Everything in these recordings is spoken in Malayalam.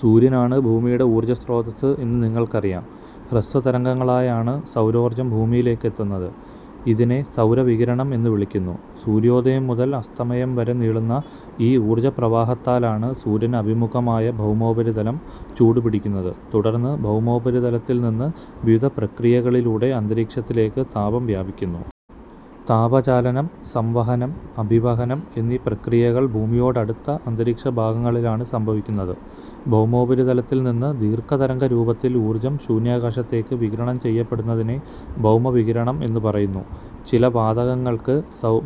സൂര്യനാണ് ഭൂമിയുടെ ഊർജസ്രോതസ്സ് എന്ന് നിങ്ങൾക്കറിയാം. ഹ്രസ്വതരംഗങ്ങളായാണ് സൗരോർജം ഭൂമിയിലേക്ക് എത്തുന്നത്. ഇതിനെ സൗര വികിരണം എന്നു വിളിക്കുന്നു. സൂര്യോദയം മുതൽ അസ്തമയം വരെ നീളുന്ന ഈ ഊർജ പ്രവാഹത്താലാണ് സൂര്യന് അഭിമുഖമായ ഭൗമോപരിതലം ചൂടുപിടിക്കുന്നത്. തുടർന്ന് ഭൗമോപരിതലത്തിൽനിന്ന് വിവിധ പ്രക്രിയകളിലൂടെ അന്തരീക്ഷത്തിലേക്കു താപം വ്യാപിക്കുന്നു. താപചാലനം, സംവഹനം, അഭിവഹനം എന്നീ പ്രക്രിയകൾ ഭൂമിയോടടുത്ത അന്തരീക്ഷഭാഗങ്ങളിലാണ് സംഭവിക്കുന്നത്. ഭൗമോപരിതലത്തിൽനിന്നു ദീർഘതരംഗരൂപത്തിൽ ഊർജം ശൂന്യാകാശത്തേക്ക് വികിരണം ചെയ്യപ്പെടുന്നതിനെ ഭൗമവികിരണം എന്നു പറയുന്നു. ചില വാതകങ്ങൾക്ക്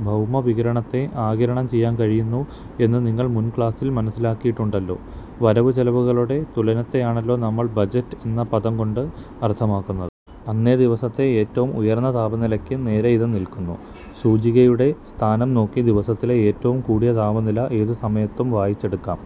ഭൗമവികിരണത്തെ ആഗിരണം ചെയ്യാൻ കഴിയുന്നു എന്ന് നിങ്ങൾ മുൻക്ലാസിൽ മനസ്സിലാക്കിയിട്ടുണ്ടല്ലോ. വരവുചെലവുകളുടെ തുലനത്തെയാണല്ലോ നമ്മൾ ബജറ്റ് എന്ന പദം കൊണ്ട് അർഥമാക്കുന്നത്. അന്നേ ദിവസത്തെ ഏറ്റവും ഉയർന്ന താപനിലയ്ക്ക് നേരെ ഇത് നിൽക്കുന്നു. സൂചികയുടെ സ്ഥാനം നോക്കി ദിവസത്തിലെ ഏറ്റവും കൂടിയ താപനില ഏത് സമയത്തും വായിച്ചെടുക്കാം.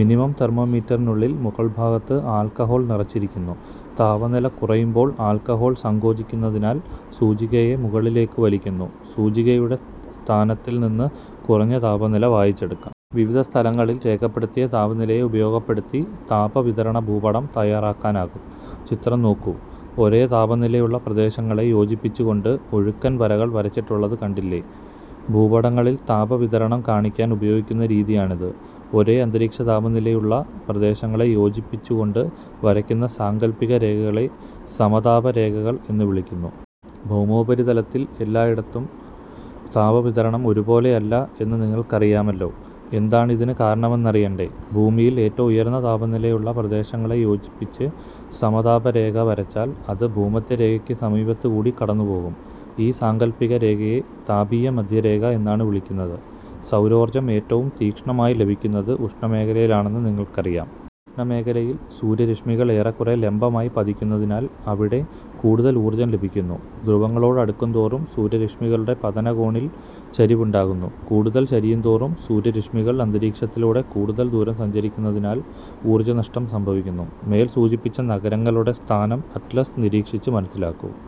മിനിമം തെർമോ മീറ്ററിനുള്ളിൽ മുകൾഭാഗത്ത് ആൾക്കഹോൾ നിറച്ചിരിക്കുന്നു. താപനില കുറയുമ്പോൾ ആൾക്കഹോൾ സങ്കോചിക്കുന്നതിനാൽ സൂചികയെ മുകളിലേക്ക് വലിക്കുന്നു. സൂചികയുടെ സ്ഥാനത്തിൽ നിന്നു കുറഞ്ഞ താപനില വായിച്ചെടുക്കാം. വിവിധ സ്ഥലങ്ങളിൽ രേഖപ്പെടുത്തിയ താപനിലയെ ഉപയോഗപ്പെടുത്തി താപവിതരണഭൂപടം തയാറാക്കാനാകും. ചിത്രം നോക്കൂ. ഒരേ താപനിലയുള്ള പ്രദേശങ്ങളെ യോജിപ്പിച്ചുകൊണ്ട് ഒഴുക്കൻ വരകൾ വരച്ചിട്ടുള്ളതു കണ്ടില്ലേ? ഭൂപടങ്ങളിൽ താപവിതരണം കാണിക്കാൻ ഉപയോഗിക്കുന്ന രീതിയാണിത്. ഒരേ അന്തരീക്ഷതാപനിലയുള്ള പ്രദേശങ്ങളെ യോജിപ്പിച്ചു കൊണ്ട് വരയ്ക്കുന്ന സാങ്കൽപിക രേഖകളെ സമതാപരേഖകൾ എന്നു വിളിക്കുന്നു. ഭൗമോപരിതലത്തിൽ എല്ലായിടത്തും താപവിതരണം ഒരുപോലെയല്ല എന്നു നിങ്ങൾക്കറിയാ മല്ലോ. എന്താണിതിന് കാരണമെന്നറിയണ്ടേ? ഭൂമിയിൽ ഏറ്റവും ഉയർന്ന താപനിലയുള്ള പ്രദേശങ്ങളെ യോജിപ്പിച്ച് സമതാപരേഖ വരച്ചാൽ അത് ഭൂമധ്യരേഖയ്ക്ക് സമീപത്തുകൂടി കടന്നുപോകും. ഈ സാങ്കൽപ്പിക രേഖയെ താപീയമധ്യരേഖ എന്നാണ് വിളിക്കുന്നത്. സൗരോർജം ഏറ്റവും തീക്ഷ്ണമായി ലഭിക്കുന്നത് ഉഷ്ണ മേഖലയിലാണെന്ന് നിങ്ങൾക്കറിയാം. ഉഷ്ണ മേഖലയിൽ സൂര്യ രശ്മികൾ ഏറക്കുറേ ലംബമായി പതിക്കുന്നതിനാൽ അവിടെ കൂടുതൽ ഊർജം ലഭിക്കുന്നു. ധ്രുവങ്ങളോടടുക്കുന്തോറും സൂര്യ രശ്മികളുടെ പതനകോണിൽ ചരിവുണ്ടാകുന്നു. കൂടുതൽ ചരിയുന്തോറും സൂര്യ രശ്മികൾ അന്തരീക്ഷത്തിലൂടെ കൂടുതൽ ദൂരം സഞ്ചരിക്കുന്നതിനാൽ ഊർജനഷ്ടം സംഭവിക്കുന്നു. മേൽ സൂചിപ്പിച്ച നഗരങ്ങളുടെ സ്ഥാനം അറ്റ്ലസ് നിരീക്ഷിച്ച് മനസ്സിലാക്കൂ.